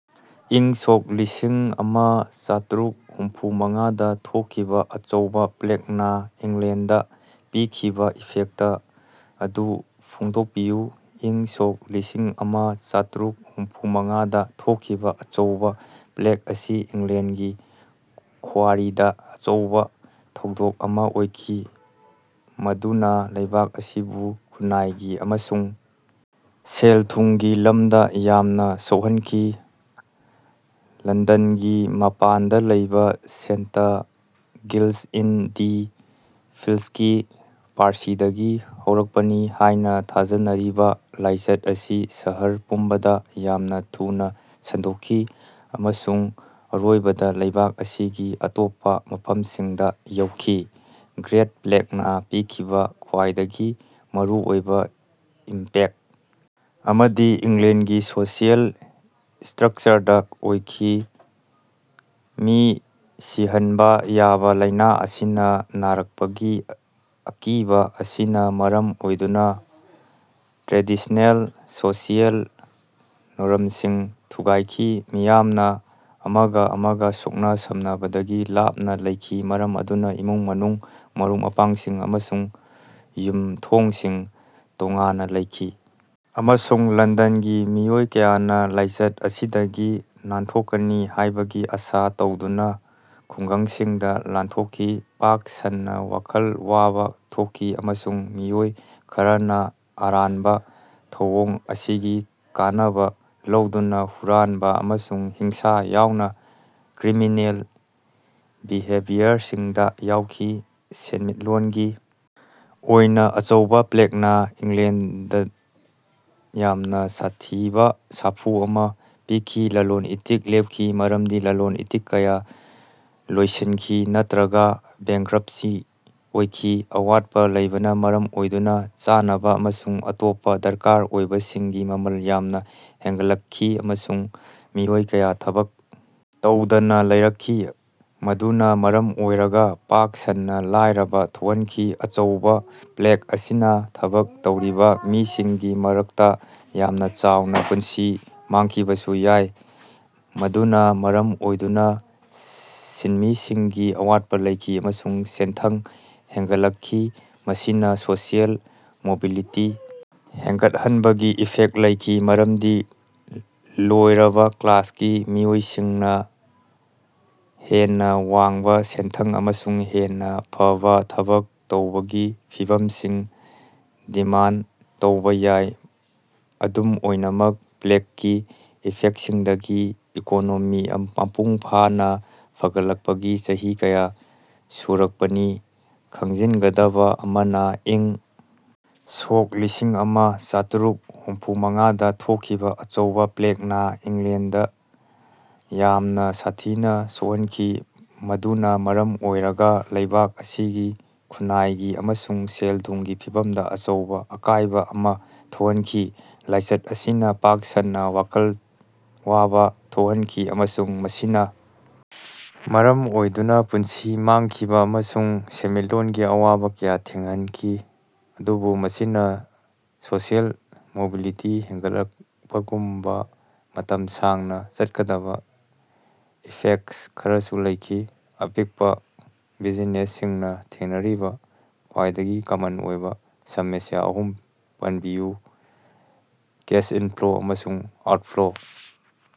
ꯏꯪ ꯁꯣꯛ ꯂꯤꯁꯤꯡꯑꯃꯥ ꯆꯥꯇ꯭ꯔꯨꯛ ꯍꯨꯝꯐꯨꯃꯉꯥꯗꯥ ꯊꯣꯛꯈꯤꯕꯥ ꯑꯆꯧꯕꯥ ꯄ꯭ꯂꯦꯛꯅꯥ ꯏꯪꯂꯦꯟꯗꯥ ꯄꯤꯈꯤꯕꯥ ꯏꯐꯦꯛꯇ ꯑꯗꯨ ꯐꯣꯡꯗꯣꯛꯄꯤꯌꯨ꯫ ꯏꯪ ꯁꯣꯛ ꯂꯤꯁꯤꯡꯑꯃꯥ ꯆꯥꯇ꯭ꯔꯨꯛ ꯍꯨꯝꯐꯨꯃꯉꯥꯗꯥ ꯊꯣꯛꯈꯤꯕꯥ ꯑꯆꯧꯕꯥ ꯄ꯭ꯂꯦꯛ ꯑꯁꯤ ꯏꯪꯂꯦꯟꯒꯤ ꯄꯨꯋꯥꯔꯤꯗꯥ ꯑꯆꯧꯕꯥ ꯊꯧꯗꯣꯛ ꯑꯃꯥ ꯑꯣꯏꯈꯤ, ꯃꯗꯨꯅꯥ ꯂꯩꯕꯥꯛ ꯑꯁꯤꯕꯨ ꯈꯨꯟꯅꯥꯏꯒꯤ ꯑꯃꯁꯨꯡ ꯁꯦꯜ-ꯊꯨꯝꯒꯤ ꯂꯝꯗꯥ ꯌꯥꯝꯅꯥ ꯁꯣꯛꯍꯟꯈꯤ꯫ ꯂꯟꯗꯟꯒꯤ ꯃꯄꯥꯟꯗꯥ ꯂꯩꯕꯥ ꯁꯦꯟꯇ ꯒꯤꯜꯁ-ꯏꯟ-ꯗꯤ-ꯐꯤꯜꯁꯀꯤ ꯄꯥꯔꯁꯤꯗꯒꯤ ꯍꯧꯔꯛꯄꯅꯤ ꯍꯥꯏꯅꯥ ꯊꯥꯖꯅꯔꯤꯕꯥ ꯂꯥꯏꯆꯠ ꯑꯁꯤ ꯁꯍꯔ ꯄꯨꯝꯕꯗꯥ ꯌꯥꯝꯅꯥ ꯊꯨꯅꯥ ꯁꯟꯗꯣꯛꯈꯤ ꯑꯃꯁꯨꯡ ꯑꯔꯣꯏꯕꯗꯥ ꯂꯩꯕꯥꯛ ꯑꯁꯤꯒꯤ ꯑꯇꯣꯞꯄꯥ ꯃꯐꯝꯁꯤꯡꯗꯥ ꯌꯧꯈꯤ꯫ ꯒ꯭ꯔꯦꯠ ꯄ꯭ꯂꯦꯛꯅꯥ ꯄꯤꯈꯤꯕꯥ ꯈ꯭ꯋꯥꯏꯗꯒꯤ ꯃꯔꯨꯑꯣꯏꯕꯥ ꯏꯝꯄꯦꯛ ꯑꯃꯗꯤ ꯏꯪꯂꯦꯟꯒꯤ ꯁꯣꯁꯤꯑꯦꯜ ꯏꯁꯇ꯭ꯔꯛꯆꯔꯗꯥ ꯑꯣꯏꯈꯤ꯫ ꯃꯤ ꯁꯤꯍꯟꯕꯥ ꯌꯥꯕ ꯂꯥꯏꯅꯥ ꯑꯁꯤꯅꯥ ꯅꯥꯔꯛꯄꯒꯤ ꯑꯀꯤꯕꯥ ꯑꯁꯤꯅꯥ ꯃꯔꯝ ꯑꯣꯏꯗꯨꯅꯥ ꯇ꯭ꯔꯦꯗꯤꯁꯅꯦꯜ ꯁꯣꯁꯤꯑꯦꯜ ꯅꯣꯔꯝꯁꯤꯡ ꯊꯨꯒꯥꯏꯈꯤ꯫ ꯃꯤꯌꯥꯝꯅꯥ ꯑꯃꯒꯥ ꯑꯃꯒꯥ ꯁꯣꯛꯅ-ꯁꯝꯅꯕꯗꯒꯤ ꯂꯥꯞꯅꯥ ꯂꯩꯈꯤ, ꯃꯔꯝ ꯑꯗꯨꯅꯥ ꯏꯃꯨꯡ-ꯃꯅꯨꯡ, ꯃꯔꯨꯞ-ꯃꯄꯥꯡꯁꯤꯡ ꯑꯃꯁꯨꯡ ꯌꯨꯝꯊꯣꯡꯁꯤꯡ ꯇꯣꯉꯥꯟꯅꯥ ꯂꯩꯈꯤ ꯑꯃꯁꯨꯡ ꯂꯟꯗꯟꯒꯤ ꯃꯤꯑꯣꯏ ꯀꯌꯥꯅꯥ ꯂꯥꯏꯆꯠ ꯑꯁꯤꯗꯒꯤ ꯅꯥꯟꯊꯣꯛꯀꯅꯤ ꯍꯥꯏꯕꯒꯤ ꯑꯥꯁꯥ ꯇꯧꯗꯨꯅꯥ ꯈꯨꯡꯒꯪꯁꯤꯡꯗꯥ ꯂꯥꯟꯊꯣꯛꯈꯤ꯫ ꯄꯥꯛ ꯁꯟꯅꯥ ꯋꯥꯈꯜ ꯋꯥꯕꯥ ꯊꯣꯛꯈꯤ ꯑꯃꯁꯨꯡ ꯃꯤꯑꯣꯏ ꯈꯔꯅꯥ ꯑꯔꯥꯟꯕꯥ ꯊꯧꯑꯣꯡ ꯑꯁꯤꯒꯤ ꯀꯥꯟꯅꯕꯥ ꯂꯧꯗꯨꯅꯥ ꯍꯨꯔꯥꯟꯕꯥ ꯑꯃꯁꯨꯡ ꯍꯤꯡꯁꯥ ꯌꯥꯎꯅꯥ ꯀ꯭ꯔꯤꯃꯤꯅꯦꯜ ꯕꯤꯍꯦꯕꯤꯌꯔꯁꯤꯡꯗꯥ ꯌꯥꯎꯈꯤ꯫ ꯁꯦꯟꯃꯤꯠꯂꯣꯟꯒꯤ ꯑꯣꯏꯅꯥ ꯑꯆꯧꯕꯥ ꯄ꯭ꯂꯦꯛꯅꯥ ꯏꯪꯂꯦꯟꯗꯗꯥ ꯌꯥꯝꯅꯥ ꯁꯥꯊꯤꯕꯥ ꯁꯥꯐꯨ ꯑꯃꯥ ꯄꯤꯈꯤ꯫ ꯂꯂꯣꯟ-ꯏꯇꯤꯛ ꯂꯦꯞꯈꯤ, ꯃꯔꯝꯗꯤ ꯂꯂꯣꯟ-ꯏꯇꯤꯛ ꯀꯌꯥ ꯂꯣꯏꯁꯤꯟꯈꯤ ꯅꯠꯇ꯭ꯔꯒꯥ ꯕꯦꯡꯀ꯭ꯔꯞꯁꯤ ꯑꯣꯏꯈꯤ꯫ ꯑꯋꯥꯠꯄꯥ ꯂꯩꯕꯅꯥ ꯃꯔꯝ ꯑꯣꯏꯗꯨꯅꯥ ꯆꯥꯅꯕꯥ ꯑꯃꯁꯨꯡ ꯑꯇꯣꯞꯄꯥ ꯗꯔꯀꯥꯔ ꯑꯣꯏꯕꯁꯤꯡꯒꯤ ꯃꯃꯜ ꯌꯥꯝꯅꯥ ꯍꯦꯟꯒꯠꯂꯛꯈꯤꯑꯃꯁꯨꯡ ꯃꯤꯑꯣꯏ ꯀꯌꯥ ꯊꯕꯛ ꯇꯧꯗꯅꯥ ꯂꯩꯔꯛꯈꯤ, ꯃꯗꯨꯅꯥ ꯃꯔꯝ ꯑꯣꯏꯔꯒꯥ ꯄꯥꯛ ꯁꯟꯅꯥ ꯂꯥꯏꯔꯕꯥ ꯊꯣꯛꯍꯟꯈꯤ꯫ ꯑꯆꯧꯕꯥ ꯄ꯭ꯂꯦꯛ ꯑꯁꯤꯅꯥ ꯊꯕꯛ ꯇꯧꯔꯤꯕꯥ ꯃꯤꯁꯤꯡꯒꯤ ꯃꯔꯛꯇꯥ ꯌꯥꯝꯅꯥ ꯆꯥꯎꯅꯥ ꯄꯨꯟꯁꯤ ꯃꯥꯡꯈꯤꯕꯁꯨ ꯌꯥꯏ, ꯃꯗꯨꯅꯥ ꯃꯔꯝ ꯑꯣꯏꯗꯨꯅꯥ ꯁꯤꯟꯃꯤꯁꯤꯡꯒꯤ ꯑꯋꯥꯠꯄꯥ ꯂꯩꯈꯤ ꯑꯃꯁꯨꯡ ꯁꯦꯟꯊꯪ ꯍꯦꯟꯒꯠꯂꯛꯈꯤ꯫ ꯃꯁꯤꯅꯥ ꯁꯣꯁꯤꯑꯦꯜ ꯃꯣꯕꯤꯂꯤꯇꯤ ꯍꯦꯟꯒꯠꯍꯟꯕꯒꯤ ꯏꯐꯦꯛ ꯂꯩꯈꯤ, ꯃꯔꯝꯗꯤ ꯂꯣꯏꯔꯕꯥ ꯀ꯭ꯂꯥꯁꯀꯤ ꯃꯤꯑꯣꯏꯁꯤꯡꯅꯥ ꯍꯦꯟꯅꯥ ꯋꯥꯡꯕꯥ ꯁꯦꯟꯊꯪ ꯑꯃꯁꯨꯡ ꯍꯦꯟꯅꯥ ꯐꯕꯥ ꯊꯕꯛ ꯇꯧꯕꯒꯤ ꯐꯤꯚꯝꯁꯤꯡ ꯗꯤꯃꯥꯟꯗ ꯇꯧꯕꯥ ꯌꯥꯏ꯫ ꯑꯗꯨꯝ ꯑꯣꯏꯅꯃꯛ, ꯄ꯭ꯂꯦꯛꯀꯤ ꯏꯐꯦꯛꯁꯤꯡꯗꯒꯤ ꯏꯀꯣꯅꯣꯃꯤ ꯃꯄꯨꯡ ꯐꯥꯅꯥ ꯐꯒꯠꯂꯛꯄꯒꯤ ꯆꯍꯤ ꯀꯌꯥ ꯁꯨꯔꯛꯄꯅꯤ꯫ ꯈꯪꯖꯤꯟꯒꯗꯕꯥ ꯑꯃꯅꯥ, ꯏꯪ ꯁꯣꯛ ꯂꯤꯁꯤꯡꯑꯃꯥ ꯆꯥꯇ꯭ꯔꯨꯛ ꯍꯨꯝꯐꯨꯃꯉꯥꯗꯥ ꯊꯣꯛꯈꯤꯕꯥ ꯑꯆꯧꯕꯥ ꯄ꯭ꯂꯦꯛꯅꯥ ꯏꯪꯂꯦꯟꯗꯥ ꯌꯥꯝꯅꯥ ꯁꯥꯊꯤꯅꯥ ꯁꯣꯛꯍꯟꯈꯤ, ꯃꯗꯨꯅꯥ ꯃꯔꯝ ꯑꯣꯏꯔꯒꯥ ꯂꯩꯕꯥꯛ ꯑꯁꯤꯒꯤ ꯈꯨꯟꯅꯥꯏꯒꯤ ꯑꯃꯁꯨꯡ ꯁꯦꯜ-ꯊꯨꯝꯒꯤ ꯐꯤꯚꯝꯗꯥ ꯑꯆꯧꯕꯥ ꯑꯀꯥꯏꯕꯥ ꯑꯃꯥ ꯊꯣꯛꯍꯟꯈꯤ꯫ ꯂꯥꯏꯆꯠ ꯑꯁꯤꯅꯥ ꯄꯥꯛ ꯁꯟꯅꯥ ꯋꯥꯈꯜ ꯋꯥꯕꯥ ꯊꯣꯛꯍꯟꯈꯤ ꯑꯃꯁꯨꯡ ꯃꯁꯤꯅꯥ ꯃꯔꯝ ꯑꯣꯏꯗꯨꯅꯥ ꯄꯨꯟꯁꯤ ꯃꯥꯡꯈꯤꯕꯥ ꯑꯃꯁꯨꯡ ꯁꯦꯟꯃꯤꯠꯂꯣꯟꯒꯤ ꯑꯋꯥꯕꯥ ꯀꯌꯥ ꯊꯦꯡꯍꯟꯈꯤ, ꯑꯗꯨꯕꯨ ꯃꯁꯤꯅꯥ ꯁꯣꯁꯤꯑꯦꯜ ꯃꯣꯕꯤꯂꯤꯇꯤ ꯍꯦꯟꯒꯠꯂꯛꯄꯒꯨꯝꯕꯥ ꯃꯇꯝ ꯁꯥꯡꯅꯥ ꯆꯠꯀꯗꯕꯥ ꯏꯐꯦꯛꯇ ꯈꯔꯁꯨ ꯂꯩꯈꯤ꯫ ꯑꯄꯤꯛꯄꯥ ꯕꯤꯖꯤꯅꯦꯁꯁꯤꯡꯅꯥ ꯊꯦꯡꯅꯔꯤꯕꯥ ꯈ꯭ꯋꯥꯏꯗꯒꯤ ꯀꯃꯟ ꯑꯣꯏꯕꯥ ꯁꯃꯁ꯭ꯌꯥ ꯑꯍꯨꯝ ꯄꯟꯕꯤꯌꯨ꯫ ꯀꯦꯁ ꯏꯟꯐ꯭ꯂꯣ ꯑꯃꯁꯨꯡ ꯑꯥꯎꯠꯐ꯭ꯂꯣ